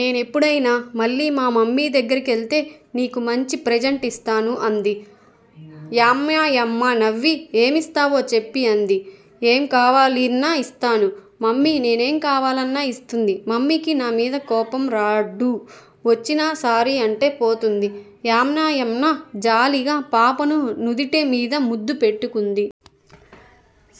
నేనెప్పుడైనా మళ్ళీ మా మమ్మీ దగ్గర కెళ్తే నీకు మంచి ప్రజెంట్ ఇస్తాను, అంది. యమ్యాయమ్మ నవ్వి ఏమిస్తావో చెప్పి అంది. ఏం కావాలన్నా యిస్తాను. మమ్మీ నేనేం కావాలన్నా యిస్తుంది. మమ్మికి నామీద కోపం రాడు. వచ్చినా సారీ అంటే పోతుంది యమ్నాయమ్మ జాలిగా పాపను నుదుటి మీద ముద్దు పెట్టుకుంది.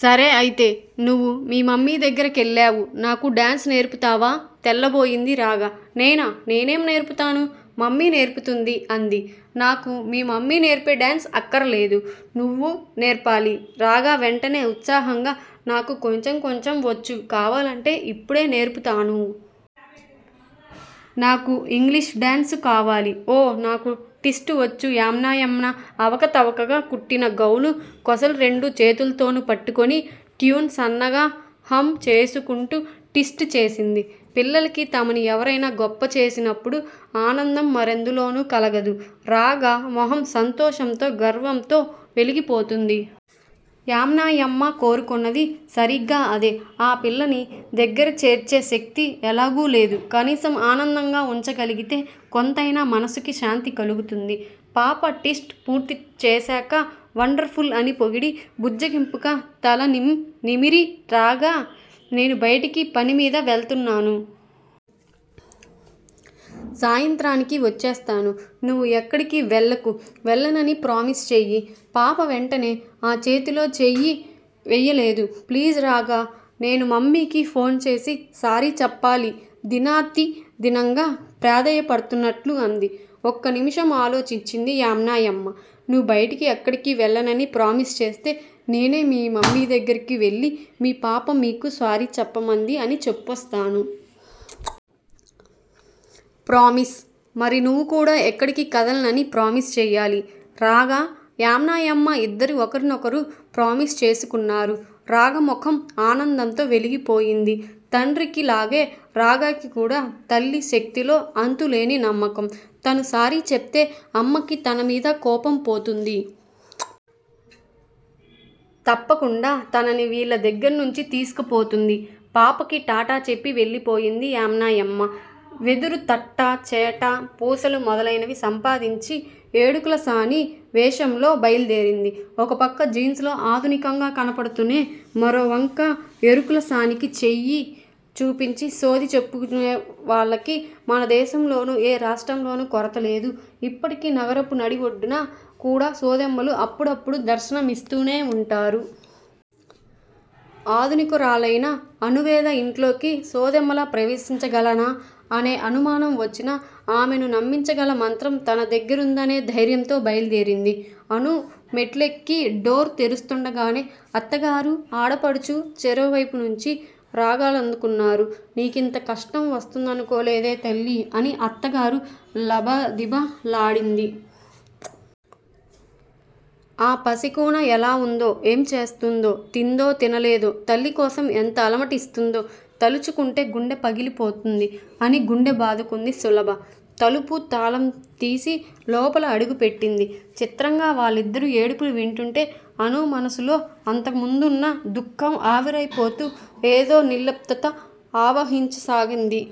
సరే అయితే నువు మీ మమ్మీ దగ్గర కెళ్ళావు నాకు డాన్సు నేర్పుతావా? తెల్లబోయింది రాగ. నేనా? నేనేం నేర్పుతాను. మమ్మీ నేర్పుతుంది. అంది. నాకు మీ మమ్మీ నేర్పే డాన్సు అక్కరలేదు. నువే నేర్పాలి రాగ వెంటనే ఉత్సాహంగా. నాకు కొంచెం కొంచెం వొచ్చు కావాలంటే ఇప్పుడే నేర్పుతాను. నాకు ఇంగ్లీషు డాన్సు కావాలి. ఓ! నాకు టిస్ట్ ఒచ్చు యమ్నాయమ్మ అవకతవకగా కుట్టిన గౌను కొసలు రెండు చేతులతోనూ పట్టుకుని ట్యూన్ సన్నగా హమ్ చేసుకుంటూ టిస్ట్ చేసింది. పిల్లలకి తమని ఎవరేనా గొప్ప చేసినపుడు అనందం మరెందులోనూ కలగదు. రాగ మొహం సంతోషంతో, గర్వమ్తో వెలిగిపోతోంది. యమ్నాయమ్మ కోరుకున్నది సరిగ్గా అదే ఆ పిల్లని దగ్గర చేర్చే శక్తి ఎలాగూ లేదు. కనీసం ఆనందంగా వుంచగలిగితే కొంతైనా మనసుకి శాంతి కలుగుతుంది. పాప టిస్ట్ పూర్తీ చేశాక వండర్ ఫుల్ అని పొగిడి బుజ్జగింపుగా తల నిమ్, నిమిరి, రాగా! నేను బయటికి పని మీద వెళ్తున్నాను. సాయంత్రానికి వచ్చేస్తాను. నువు ఎక్కడికి వేళ్ళకు. వెళ్ళనని ప్రామిస్ చెయ్యి. పాప వెంటనే ఆ చేతిలో చెయ్యి వెయ్యలేదు. ప్లీజ్ రాగా! నేను మమ్మికి ఫోన్ చేసి సారీ చెప్పాలి దినాతిదీనంగా ప్రాధేయపడుతున్నట్లు అంది. ఒక్క నిమిషం ఆలోచించింది యమ్నాయమ్మ. నువు బయటికి ఎక్కడికి వెళ్ళనని ప్రామిస్ చేస్తే నేనే మీ మమ్మీ దగ్గరికి వెళ్ళి మీ పాప మీకు సారీ చెప్పమంది అని చెప్పోస్తాను. ప్రామిస్? మరి నువు కూడా ఎక్కడికి కదలనని ప్రామిస్ చెయ్యాలి. రాగ యమ్నాయమ్మ యిద్దరూ ఒకరినొకరు ప్రామిస్ చేసుకున్నారు రాగ ముఖం ఆనందంతో వెలిగిపోయింది. తండ్రికి లాగే రాగకి కూడా తల్లి శక్తిలో అంతులేని నమ్మకం. తను సారీ చెప్తే అమ్మకి తనమీద కోపం పోతుంది. తప్పకుండా తనని వీళ్ళ దగ్గర్నుంచి తీసుకుపోతుంది. పాపకి టాటా చెప్పి వెళ్ళిపోయింది యమ్నాయమ్మ. వెదురు తట్ట, చేట, పూసలు మొదలినవి సంపాదించి ఎడుకులసాని వేషంలో బయల్దేరింది. ఒకపక్క జీన్సులో ఆధునికంగా కనపడుతూనే మరో వంక ఎరుకులసానికి చెయ్యి చూపించి సోదె చెప్పించుకునే వాళ్ళకి మనదేశంలోను, ఏ రాష్ట్రంలోను కొరత లేదు ఇప్పటికి నగరపు నడిబొడ్డున కూడా సోదెమ్మలు అప్పుడప్పుడు దర్శనమిస్తూనే వుంటారు. ఆధునికురాలైన అణువేద యింట్లోకి సోదేమ్మలా ప్రవేశించగలనా అనే అనుమానం వచ్చినా ఆమెను నమ్మించగల మంత్రం తన దగ్గిరుందనే ధైర్యంతో బయల్దేరింది. అణు మెట్లెక్కి డోర్ తెరుస్తుండగానే అత్తగారూ, ఆడపడుచు చెరో వైపు నుంచి రాగాలందుకున్నారు. నీకింత కష్టం వస్తుందనుకోలేదే తల్లి! అని అత్తగారు లబదిబ లాడింది. ఆ పసికూన ఎలా వుందో? ఏం చేస్తోందో? తిందో తినలేదో? తల్లికోసం ఎంత అలమటిస్తుందో? తలచుకుంటే గుండె పగిలిపోతోంది అని గుండె బాదుకుంది సులభ. తలుపు తాళం తీసి లోపల అడుగు పెట్టింది. చిత్రంగా వాళ్ళిద్దరూ ఏడుపులు వింటుంటే అణు మనసులో అంతకుముందున్న దుఖం ఆవిరైపోతూ ఏదో నిర్లిప్తత ఆవహించసాగింది.